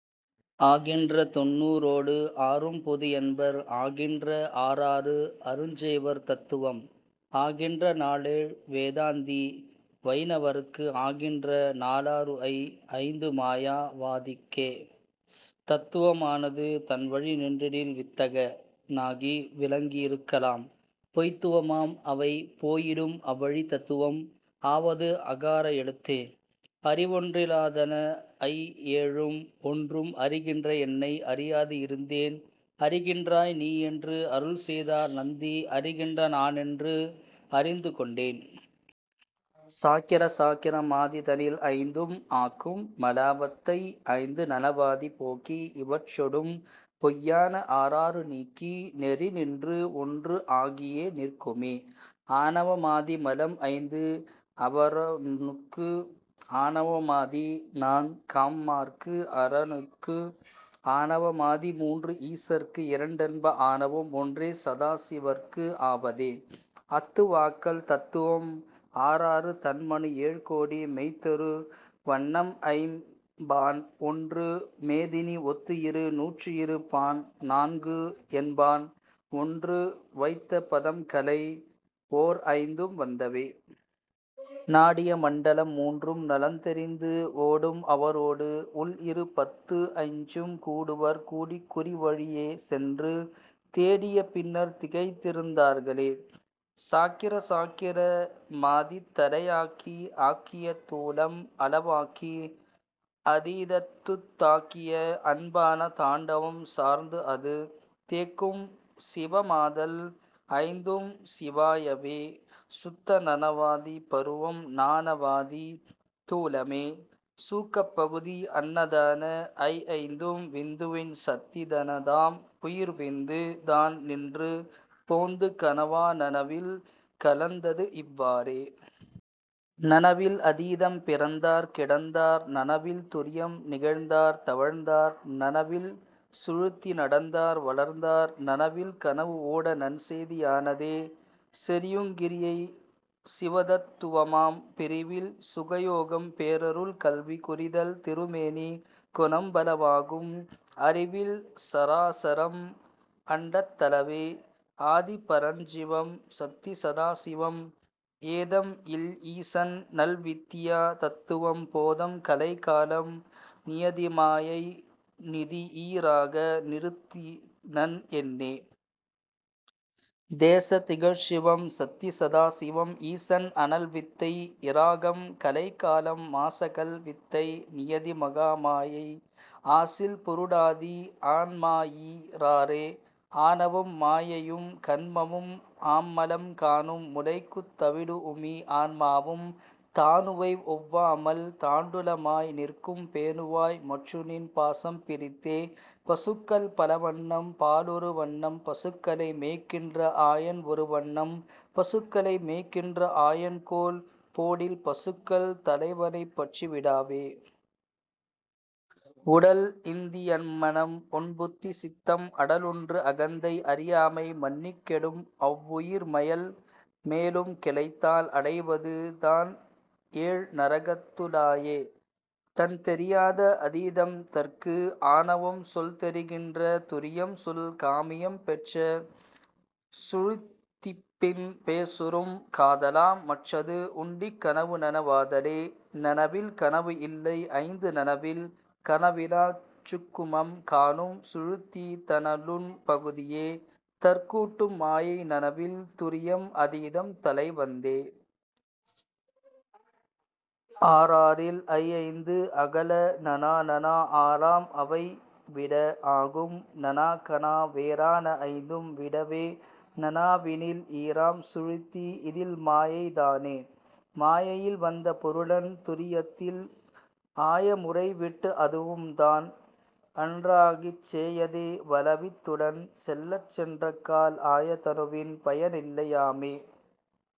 ஆகின்ற தொண்ணூறோடு ஆறும் பொதுஎன்பர் ஆகின்ற ஆறாறு அருஞ்சைவர் தத்துவம் ஆகின்ற நாலேழ் வேதாந்தி வயிணவர்க்கு ஆகின்ற நாலாறுஐ ஐந்துமாயா வாதிக்கே. தத்துவ மானது தன்வழி நின்றிடில் வித்தக னாகி விளங்கி யிருக்கலாம் பொய்த்துவ மாம்அவை போயிடும் அவ்வழி தத்துவம் ஆவது அகார எழுத்தே. அறிவொன் றிலாதன ஐஏழும் ஒன்றும் அறிகின்ற என்னை அறியாது இருந்தேன் அறிகின்றாய் நீஎன்று அருள்செய்தார் நந்தி அறிகின்ற நானென்று அறிந்து கொண்டேனே. சாக்கிர சாக்கிர மாதி தனில்ஐந்தும் ஆக்கும் மலாவத்தை ஐந்து நனவாதி போக்கி இவற்றொடும் பொய்யான ஆறாறு நீக்கி நெறிநின்றுஒன்று ஆகியே நிற்குமே. ஆணவ மாதி மலம்ஐந்து அவரோனுக்கு ஆணவ மாதிநான் காம்மாற்கு அரனுக்கு ஆணவ மாதிமூன்று ஈசர்க்கு இரண்டென்ப ஆணவம் ஒன்றே சதாசிவற்கு ஆவதே.. அத்துவாக்கள் தத்துவம் ஆறாறு தன்மனு ஏழ்கோடி மெய்த்தரு வன்னம்ஐம் பான்ஒன்று மேதினி ஒத்துஇரு நூற்றுஇரு பான்நான்குஎண் பான்ஒன்று வைத்த பதம்கலை ஓர்ஐந்தும் வந்தவே. நாடிய மண்டலம் மூன்றும் நலந்தெரிந்து ஓடும் அவரோடு உள்இரு பத்துஐஞ்சும் கூடுவர் கூடிக் குறிவழி யேசென்று தேடிய பின்னர்த் திகைத்திருந் தார்களே. சாக்கிர சாக்கிர மாதித் தலையாக்கி ஆக்கிய தூலம் அளவாக்கி அதீதத்துத் தாக்கிய அன்பான தாண்டவம் சார்ந்துஅது தேக்கும் சிவமாதல் ஐந்தும் சிவாயவே.. சுத்த நனவாதி பருவம் நானவாதி தூலமே சூக்கப் பகுதி அனதான ஐஐந்தும் விந்துவின் சத்தி தனதாம் உயிர்விந்து தான்நின்று போந்து கனவா நனவில் கலந்ததுஇவ் வாறே. நனவில் அதீதம் பிறந்தார் கிடந்தார் நனவில் துரியம் நிகழ்ந்தார் தவழ்ந்தார் நனவில் சுழுத்தி நடந்தார் வளர்ந்தார் நனவில் கனவுஓட நன்செய்தி யானதே. செறியுங் கிரியை சிவதத் துவமாம் பிறிவில் சுகயோகம் பேரருள் கல்வி குறிதல் திருமேனி குணம்பல வாகும் அறிவில் சராசரம் அண்டத் தளவே. ஆதி பரஞ்சிவம் சத்தி சதாசிவம் ஏதம்இல் ஈசன்நல் வித்தியா தத்துவம் போதம் கலைகாலம் நியதிமா மாயை நீதிஈ றாக நிறுத்தினன் என்னே. தேச திகழ்சிவம் சத்தி சதாசிவம் ஈசன் அனல்வித்தை இராகம் கலைகாலம் மாசகல் வித்தை நியதி மகாமாயை ஆசில் புருடாதி ஆன்மாஈ றாறே. ஆணவம் மாயையும் கன்மமும் ஆம்மலம் காணும் முளைக்குத் தவிடுஉமி ஆன்மாவும் தாணுவை ஒவ்வாமல் தண்டுலமாய் நிற்கும் பேணுவாய் மற்றுநின் பாசம் பிரித்தே. பசுக்கள் பலவண்ணம் பாலொரு வண்ணம் பசுக்களை மேய்க்கின்ற ஆயன் ஒருவண்ணம் பசுக்களை மேய்க்கின்ற ஆயன்கோல் போடில் பசுக்கள் தலைவனைப் பற்றி விடாவே. உடல்இந் தியம்மனம் ஒண்புத்தி சித்தம் அடலொன்று அகந்தை அறியாமை மன்னிக் கெடும்அவ் வுயிர்மயல் மேலும் கிளைத்தால் அடைவது தான்ஏழ் நரகத்து ளாயே. தன்தெரியாத அதீதம்தற்கு ஆணவம் சொல்தெரி கின்ற துரியம்சொல் காமியம் பெற்ற சுழுத்திப்பின் பேசுறும் காதலாம் மற்றது உண்டிக் கனவுநன வாதலே. நனவில் கனவுஇல்லை ஐந்து நனவில் கனவிலாச் சூக்குமம் காணும் சுழுத்தி தனலுண் பகுதியே தற்கூட்டும் மாயை நனவில் துரியம் அதீதம் தலைவந்தே. ஆறாறில் ஐஐந்து அகல நனாநனா ஆறாம் அவைவிட ஆகும் நனாக்கனா வேறான ஐந்தும் விடவே நனாவினில் ஈறாம் சுழுத்தி இதில்மாயை தானே. மாயையில் வந்த புருடன் துரியத்தில் ஆய முறைவிட்டு அதுவும்தான் அன்றாகிச் சேயதே வலவித் துடன் செல்லச் சென்றக்கால் ஆய தனுவின் பயனில்லை யாமே.